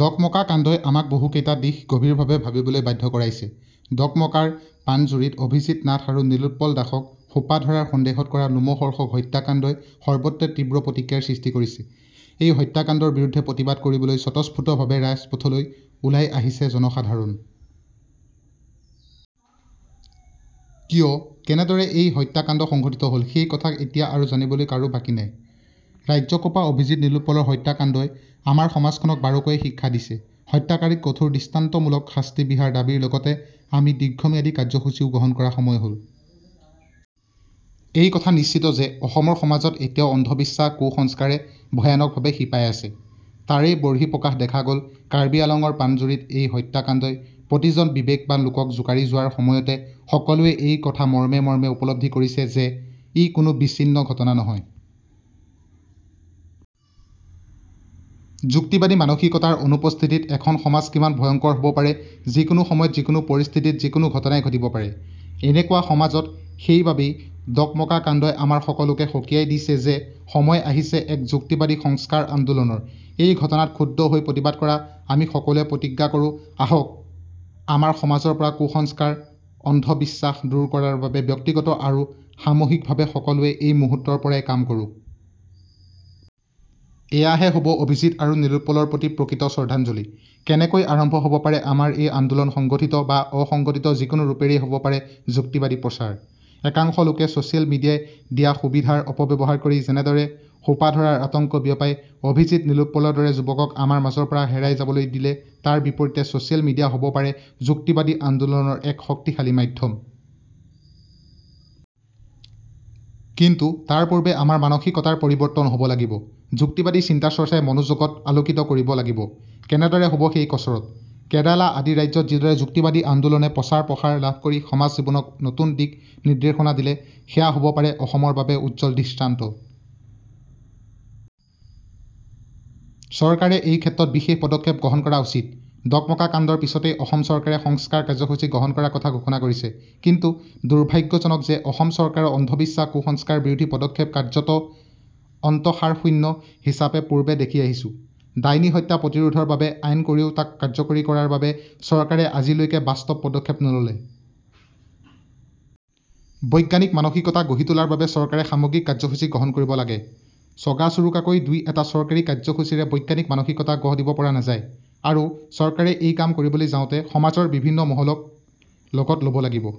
ডকমকা কাণ্ডই আমাক বহু কেইটা দিশ গভীৰভাৱে ভাবিবলৈ বাধ্য কৰাইছে। ডকমকাৰ পাণজুৰিত অভিজিত্ নাথ আৰু নীলোৎপল দাসক সোপাধৰাৰ সন্দেহত কৰা লোমহৰ্ষক হত্যাকাণ্ডই সৰ্বত্ৰে তীব্ৰ প্ৰতিক্ৰিয়াৰ সৃষ্টি কৰিছে। এই হত্যাকাণ্ডৰ বিৰুদ্ধে প্ৰতিবাদ কৰিবলৈ স্বতঃস্ফূৰ্তভাৱে ৰাজপথলৈ ওলাই আহিছে জনসাধাৰণ। কিয় কেনেদৰে এই হত্যা কাণ্ড সংঘটিত হল? সেই কথা এতিয়া আৰু জানিবলৈ কাৰো বাকী নাই। ৰাজ্য কঁপোৱা অভিজিত নীলোৎপলৰ হত্যাকাণ্ডই আমাৰ সমাজখনক বাৰুকৈয়ে শিক্ষা দিছে। হত্যাকাৰীক কঠোৰ দৃষ্টান্তমূলক শাস্তি বিহাৰ দাবীৰ লগতে আমি দীৰ্ঘম্যাদী কাৰ্য্যসূচীও গ্ৰহণ কৰাৰ সময় হল। এই কথা নিশ্চিত যে অসমৰ সমাজত এতিয়াও অন্ধবিশ্বাস কুসংস্কাৰে ভয়ানকভাৱে শিপাই আছে। তাৰেই বহিঃপ্ৰকাশ দেখা গল কাৰ্বি আংলঙৰ পাণজুৰিত এই হত্যাকাণ্ডই প্ৰতিজন বিবেকৱান লোকক জোকাৰি যোৱাৰ সময়তে সকলোৱে এই কথা মৰ্মে মৰ্মে উপলব্ধি কৰিছে যে ই কোনো বিচ্ছিন্ন ঘটনা নহয়। যুক্তিবাদী মানসিকতাৰ অনুপস্থিতিত এখন সমাজ কিমান ভয়ংকৰ হব পাৰে? যিকোনো সময়ত যিকোনো পৰিস্থিতিত যিকোনো ঘটনাই ঘটিব পাৰে। এনেকুৱা সমাজত সেইবাবেই ডকমকা কাণ্ডই আমাৰ সকলোকে সকীয়াই দিছে যে সময় আহিছে এক যুক্তিবাদী সংস্কাৰ আন্দোলনৰএই ঘটনাত ক্ষুব্ধ হৈ প্ৰতিবাদ কৰা আমি সকলোৱে প্ৰতিজ্ঞা কৰোঁ আহক আমাৰ সমাজৰ পৰা কুসংস্কাৰ অন্ধবিশ্বাস দূৰ কৰাৰ বাবে ব্যক্তিগত আৰু সামূহিকভাৱে সকলোৱে এই মুহূৰ্তৰ পৰাই কাম কৰো। এয়াহে হব অভিজিত্ আৰু নীলোৎপলৰ প্ৰতি প্ৰকৃত শ্ৰদ্ধাঞ্জলি। কেনেকৈ আৰম্ভ হব পাৰে আমাৰ এই আন্দোলন সংগঠিত বা অসংগঠিত যিকোনো ৰূপতেই হব পাৰে যুক্তিবাদী প্ৰচাৰ। একাংশ লোকে ছচিয়েল মিডিয়াই দিয়া সুবিধাৰ অপব্যৱহাৰ কৰি যেনেদৰে সোপাধৰাৰ আতংক বিয়পাই অভিজিত, নীলোৎপলৰ দৰে যুৱকক আমাৰ মাজৰ পৰা হেৰাই যাবলৈ দিলে তাৰ বিপৰীতে ছচিয়েল মিডিয়া হব পাৰে যুক্তিবাদী আন্দোলনৰ এক শক্তিশালী মাধ্যম। কিন্তু তাৰপূৰ্বে আমাৰ মানসিকতাৰ পৰিৱৰ্তন হব লাগিব। যুক্তিবাদী চিন্তাচৰ্চাই মনোজগত আলোকিত কৰিব লাগিব। কেনেদৰে হব সেই কচৰৎ, কেৰালা আদি ৰাজ্যত যিদৰে যুক্তিবাদী আন্দোলনে প্ৰসাৰপ্ৰচাৰ লাভ কৰি সমাজ জীৱনক নতুন দিক নিৰ্দেশনা দিলে সেয়া হব পাৰে অসমৰ বাবে উজ্জ্বল দৃষ্টান্ত। চৰকাৰে এই ক্ষেত্ৰত বিশেষ পদক্ষেপ গ্ৰহণ কৰা উচিত। ডকমকা কাণ্ডৰ পিছতেই অসম চৰকাৰে সংস্কাৰ কাৰ্যসূচী গ্ৰহণ কৰাৰ কথা ঘোষণা কৰিছে। কিন্তু দুৰ্ভাগ্যজনক যে অসম চৰকাৰৰ অন্ধবিশ্বাস কুসংস্কাৰ বিৰোধী পদক্ষেপ কাৰ্যতঃ অন্তসাৰশূন্য হিচাপে পূৰ্বে দেখি আহিছো ডাইনী হত্যা প্ৰতিৰোধৰ বাবে আইন কৰিও তাক কাৰ্যকৰী কৰাৰ বাবে চৰকাৰে আজিলৈকে বাস্তৱ পদক্ষেপ নললে। বৈজ্ঞানিক মানসিকতা গঢ়ি তোলাৰ বাবে চৰকাৰে সামগ্ৰিক কাৰ্যসূচী গ্ৰহণ কৰিব লাগে। চকাচোৰোকাকৈ দুই এটা চৰকাৰী কাৰ্যসূচীৰে বৈজ্ঞানিক মানসিকতা গঢ় দিব পৰা নাযায়। আৰু চৰকাৰে এই কাম কৰিবলৈ যাওঁতে সমাজৰ বিভিন্ন মহলক লগত লব লাগিব।